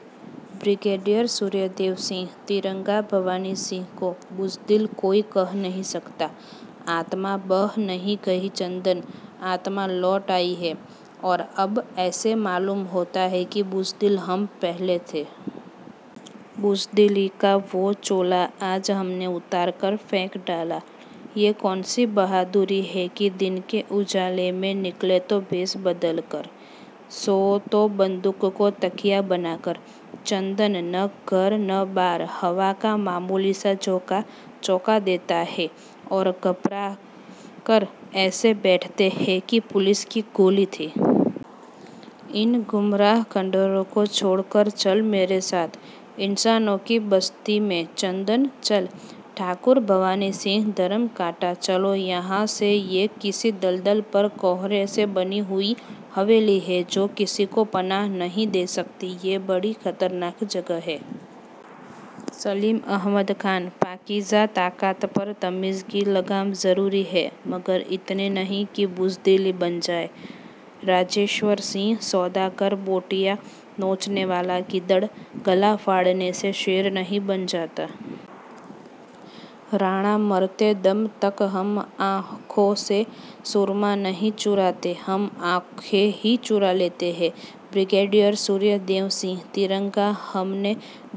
– Brigadier સૂર્યદેવ સિંહ, તિરંગા ભવાની સિંહ કો બુઝદિલ કોઈ કહ નહીં સકતા! આત્મા બહ નહીં ગઈ ચંદન, આત્મા લૌટ આઈ હૈ. ઔર અબ ઐસે માલૂમ હોતા હૈ કિ બુઝદિલ હમ પહેલે થે. બુઝદિલી કા વો ચોલા આજ હમને ઉતારકર ફેંક ડાલા. યે કૌન સી બહાદુરી હૈ કિ દિન કે ઉજાલે મેં નિકલે તો ભેસ બદલ કર. સોઓ તો બંદૂક કો તકિયા બના કર. ચંદન, ન ઘર ન બાર, હવા કા મામૂલી સા ઝોકા ચૌકા દેતા હે ઔર ગભરાકર ઐસે બૈઠતે હૈ કી પુલિસ કી ગોલી થી. ઇન ગુમરાહ ખંડરો કો છોડકર ચલ મેરે સાથ, ઇંસાનો કી બસ્તી મેં ચંદન, ચલ. – ઠાકુર ભવાની સિંહ, ધરમ કાંટા ચલો યહાં સે યે કિસી દલદલ પર કોહરે સે બની હુઈ હવેલી હૈ જો કિસી કો પનાહ નહીં દે સકતી, યે બડી ખતરનાક જગહ હૈ. – સલીમ અહમદ ખાન, પાકીઝા તાકત પર તમીઝ કી લગામ ઝરુરી હૈ, મગર ઇતની નહીં કિ બુઝદિલી બન જાએ. – રાજેશ્વર સિંહ, સૌદાગર બોટિયાં નોચને વાલા ગિદડ, ગલા ફાડને સે શેર નહીં બન જાતા. – રાણા, મરતે દમ તક હમ આંખો સે સુરમા નહીં ચુરાતે, હમ આંખે હી ચુરા લેતે હૈ. – બ્રિગેડિયર સૂર્યદેવ સિંહ, તિરંગા હમને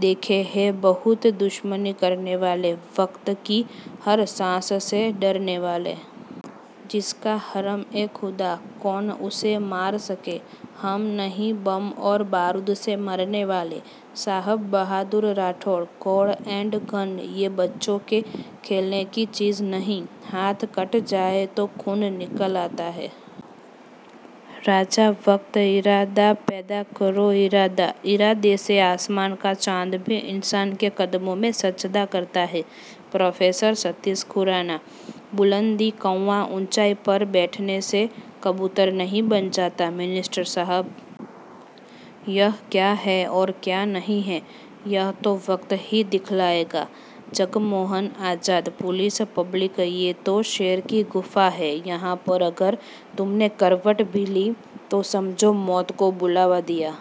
દેખે હૈ બહુત દુશ્મની કરને વાલે, વક્ત કી હર સાંસ સે ડરને વાલે. જિસકા હરમ-એ-ખુદા, કૌન ઉસે માર સકે, હમ નહીં બમ ઔર બારુદ સે મરને વાલે. – Sahab Bahadur Rathod, god and gun યે બચ્ચો કે ખેલને કી ચીઝ નહીં, હાથ કટ જાયે તો ખૂન નિકલ આતા હૈ. – રાજા, વક્ત ઇરાદા પૈદા કરો ઈરાદા, ઇરાદે સે આસમાન કા ચાંદ ભી ઇંસાન કે કદમો મેં સજદા કરતા હૈ. – પ્રોફેસર સતીશ ખુરાના, બુલંદી કૌવા ઊંચાઈ પર બૈઠને સે કબૂતર નહીં બન જાતા મિનિસ્ટર સાહબ! યહ ક્યા હૈ ઔર ક્યા નહીં હૈ, યહ તો વક્ત હી દિખલાએગા. – જગમોહન આઝાદ, પુલિસ પબ્લિક યે તો શેર કી ગુફા હૈ. યહાં પર અગર તુમને કરવટ ભી લી તો સમજો મૌત કો બુલાવા દિયા.